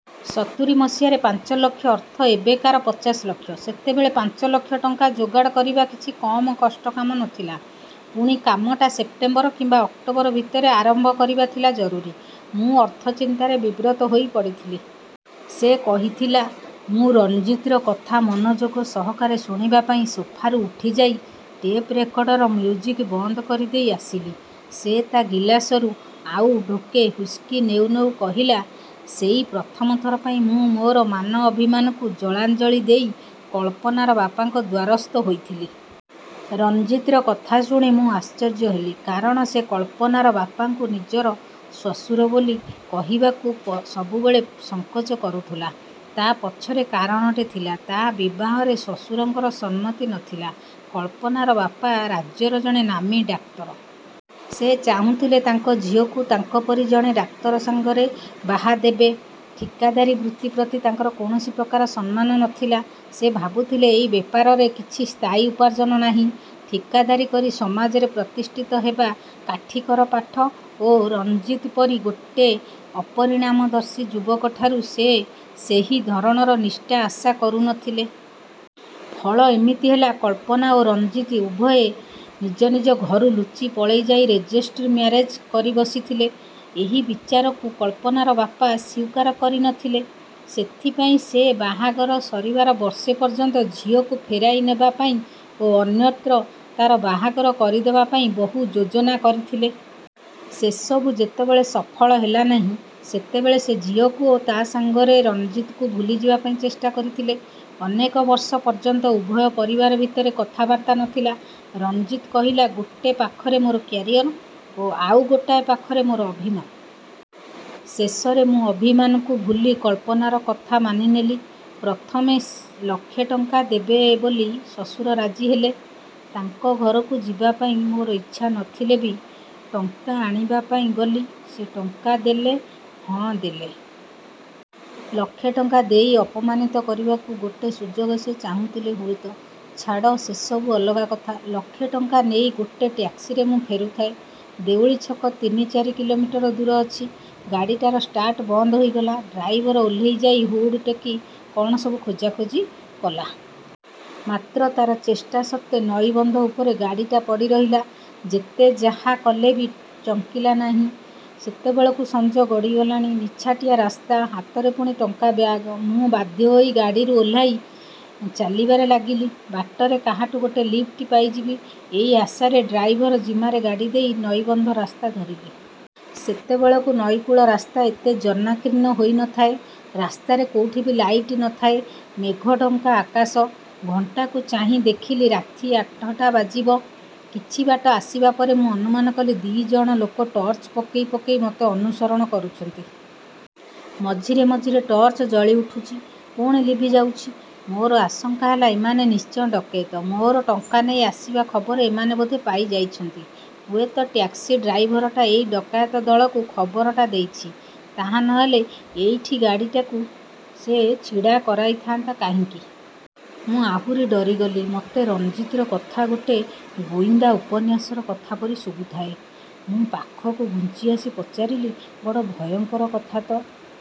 ସତୁରି ମସିହାରେ ପାଞ୍ଚ ଲକ୍ଷ ଅର୍ଥ ଏବେକାର ପଚାଶ ଲକ୍ଷ! ସେତେବେଳେ ପାଞ୍ଚ ଲକ୍ଷ ଟଙ୍କା ଯୋଗାଡ଼ କରିବା କିଛି କମ୍ କଷ୍ଟ କାମ ନଥିଲା। ପୁଣି କାମଟା ସେପ୍ଟେମ୍ବର କିମ୍ବା ଅକ୍ଟୋବର ଭିତରେ ଆରମ୍ଭ କରିବା ଥିଲା ଜରୁରୀ। ମୁଁ ଅର୍ଥ ଚିନ୍ତାରେ ବିବ୍ରତ ହୋଇ ପଡ଼ିଥିଲି। ସେ କହିଥିଲା। ମୁଁ ରଣଜିତ୍‌ର କଥା ମନଯୋଗ ସହକାରେ ଶୁଣିବା ପାଇଁ ସୋଫାରୁ ଉଠିଯାଇ ଟେପ୍‌ରେକର୍ଡରର ମ୍ୟୁଜିକ୍ ବନ୍ଦ କରି ଦେଇ ଆସିଲି। ସେ ତା' ଗିଲାସରୁ ଆଉ ଢୋକେ ହ୍ୱିସ୍କି ନେଉ ନେଉ କହିଲା, 'ସେଇ ପ୍ରଥମ ଥର ପାଇଁ ମୁଁ ମୋର ମାନ ଅଭିମାନକୁ ଜଳାଞ୍ଜଳି ଦେଇ କଳ୍ପନାର ବାପାଙ୍କ ଦ୍ୱାରସ୍ଥ ହୋଇଥିଲି।' ରଣଜିତ୍‌ର କଥା ଶୁଣି ମୁଁ ଆଶ୍ଚର୍ଯ୍ୟ ହେଲି। କାରଣ ସେ କଳ୍ପନାର ବାପାଙ୍କୁ ନିଜର ଶ୍ୱଶୁର ବୋଲି କହିବାକୁ ସବୁବେଳେ ସଙ୍କୋଚ କରୁଥିଲା। ତା' ପଛରେ କାରଣଟେ ଥିଲା। ତା' ବିବାହରେ ଶ୍ୱଶୁରଙ୍କର ସମ୍ମତି ନ ଥିଲା। କଳ୍ପନାର ବାପା ରାଜ୍ୟର ଜଣେ ନାମୀ ଡାକ୍ତର। ସେ ଚାହୁଁଥିଲେ ତାଙ୍କ ଝିଅକୁ ତାଙ୍କ ପରି ଜଣେ ଡାକ୍ତର ସାଙ୍ଗରେ ବାହା ଦେବେ। ଠିକାଦାରୀ ବୃତ୍ତି ପ୍ରତି ତାଙ୍କର କୌଣସି ପ୍ରକାର ସମ୍ମାନ ନ ଥିଲା। ସେ ଭାବୁଥିଲେ, ଏଇ ବେପାରରେ କିଛି ସ୍ଥାୟୀ ଉପାର୍ଜନ ନାହିଁ। ଠିକାଦାରୀ କରି ସମାଜରେ ପ୍ରତିଷ୍ଠିତ ହେବା କାଠିକର ପାଠ ଓ ରଣଜିତ୍ ପରି ଗୋଟେ ଅପରିଣାମଦର୍ଶୀ ଯୁବକ ଠାରୁ ସେ ସେହି ଧରଣର ନିଷ୍ଠା ଆଶା କରୁ ନଥିଲେ। ଫଳ ଏମିତି ହେଲା, କଳ୍ପନା ଓ ରଣଜିତ୍ ଉଭୟେ ନିଜ ନିଜ ଘରୁ ଲୁଚି ପଳେଇ ଯାଇ ରେଜିଷ୍ଟ୍ରି ମ୍ୟାରେଜ୍ କରି ବସିଥିଲେ। ଏହି ବିଚାରକୁ କଳ୍ପନାର ବାପା ସ୍ୱୀକାର କରି ନ ଥିଲେ। ସେଥିପାଇଁ ସେ ବାହାଘର ସରିବାର ବର୍ଷେ ପର୍ଯ୍ୟନ୍ତ ଝିଅକୁ ଫେରାଇ ନେବା ପାଇଁ ଓ ଅନ୍ୟତ୍ର ତା'ର ବାହାଘର କରିଦେବା ପାଇଁ ବହୁ ଯୋଜନା କରିଥିଲେ। ସେସବୁ ଯେତେବେଳେ ସଫଳ ହେଲା ନାହିଁ, ସେତେବେଳେ ସେ ଝିଅକୁ ଓ ତା' ସାଙ୍ଗରେ ରଣଜିତ୍‌କୁ ଭୁଲିଯିବା ପାଇଁ ଚେଷ୍ଟା କରିଥିଲେ। ଅନେକ ବର୍ଷ ପର୍ଯ୍ୟନ୍ତ ଉଭୟ ପରିବାର ଭିତରେ କଥାବାର୍ତ୍ତା ନଥିଲା। ରଣଜିତ୍ କହିଲା, "ଗୋଟେ ପାଖରେ ମୋର କ୍ୟାରିୟର୍ ଓ ଆଉ ଗୋଟାଏ ପାଖରେ ମୋର ଅଭିମାନ। ଶେଷରେ ମୁଁ ଅଭିମାନକୁ ଭୁଲି କଳ୍ପନାର କଥା ମାନି ନେଲି। ପ୍ରଥମେ ଲକ୍ଷେ ଟଙ୍କା ଦେବେ ବୋଲି ଶ୍ୱଶୁର ରାଜି ହେଲେ। ତାଙ୍କ ଘରକୁ ଯିବା ପାଇଁ ମୋର ଇଚ୍ଛା ନ ଥିଲେ ବି ଟଙ୍କା ଆଣିବା ପାଇଁ ଗଲି।" ସେ ଟଙ୍କା ଦେଲେ? ହଁ, ଦେଲେ। ଲକ୍ଷେ ଟଙ୍କା ଦେଇ ଅପମାନିତ କରିବାକୁ ଗୋଟେ ସୁଯୋଗ ସେ ଚାହୁଁଥିଲେ ହୁଏତ। ଛାଡ଼, ସେସବୁ ଅଲଗା କଥା। ଲକ୍ଷେ ଟଙ୍କା ନେଇ ଗୋଟେ ଟ୍ୟାକ୍ସିରେ ମୁଁ ଫେରୁଥାଏ। ଦେଉଳି ଛକ ତିନି ଚାରି କିଲୋମିଟର ଦୂର ଅଛି, ଗାଡ଼ିଟାର ଷ୍ଟାର୍ଟ ବନ୍ଦ ହୋଇଗଲା। ଡ୍ରାଇଭର ଓହ୍ଲେଇ ଯାଇ ହୁଡ୍ ଟେକି କ'ଣ ସବୁ ଖୋଜାଖୋଜି କଲା। ମାତ୍ର ତା'ର ଚେଷ୍ଟା ସତ୍ତ୍ୱେ ନଈବନ୍ଧ ଉପରେ ଗାଡ଼ିଟା ପଡ଼ି ରହିଲା, ଯେତେ ଯାହା କଲେ ବି ଚଙ୍କିଲା ନାହିଁ। ସେତେବେଳକୁ ସଞ୍ଜ ଗଡ଼ିଗଲାଣି। ନିଛାଟିଆ ରାସ୍ତା। ହାତରେ ପୁଣି ଟଙ୍କା ବ୍ୟାଗ୍। ମୁଁ ବାଧ୍ୟ ହୋଇ ଗାଡ଼ିରୁ ଓହ୍ଲାଇ ଚାଲିବାରେ ଲାଗିଲି। ବାଟରେ କାହାଠୁ ଗୋଟେ ଲିଫ୍ଟ ପାଇଯିବି, ଏଇ ଆଶାରେ ଡ୍ରାଇଭର ଜିମାରେ ଗାଡ଼ି ଦେଇ ନଈବନ୍ଧ ରାସ୍ତା ଧରିଲି। ସେତେବେଳକୁ ନଈକୂଳ ରାସ୍ତା ଏତେ ଜନାକୀର୍ଣ୍ଣ ହୋଇ ନ ଥାଏ। ରାସ୍ତାରେ କୋଉଠି ବି ଲାଇଟ୍ ନ ଥାଏ। ମେଘଢ଼ଙ୍କା ଆକାଶ। ଘଣ୍ଟାକୁ ଚାହିଁ ଦେଖିଲି, ରାତି ଆଠଟା ବାଜିବ। କିଛି ବାଟ ଆସିବା ପରେ ମୁଁ ଅନୁମାନ କଲି ଦି' ତିନିଜଣ ଲୋକ ଟର୍ଚ୍ଚ ପକେଇ ପକେଇ ମୋତେ ଅନୁସରଣ କରୁଛନ୍ତି। ମଝିରେ ମଝିରେ ଟର୍ଚ୍ଚ ଜଳି ଉଠୁଛି, ପୁଣି ଲିଭି ଯାଉଛି। ମୋର ଆଶଙ୍କା ହେଲା ଏମାନେ ନିଶ୍ଚୟ ଡକେଇତ। ମୋର ଟଙ୍କା ନେଇ ଆସିବା ଖବର ଏମାନେ ବୋଧେ ପାଇ ଯାଇଛନ୍ତି। ହୁଏତ ଟ୍ୟାକ୍ସି ଡ୍ରାଇଭରଟା ଏଇ ଡକାୟତ ଦଳକୁ ଖବରଟା ଦେଇଛି। ତାହା ନ ହେଲେ ଏଇଠି ଗାଡ଼ିଟାକୁ ସେ ଛିଡ଼ା କରାଇଥାନ୍ତା କାହିଁକି? ମୁଁ ଆହୁରି ଡରିଗଲି। ମୋତେ ରଣଜିତ୍‌ର କଥା ଗୋଟେ ଗୁଇନ୍ଦା ଉପନ୍ୟାସର କଥା ପରି ଶୁଭୁଥାଏ। ମୁଁ ପାଖକୁ ଘୁଞ୍ଚି ଆସି ପଚାରିଲି, "ବଡ଼ ଭୟଙ୍କର କଥା ତ!"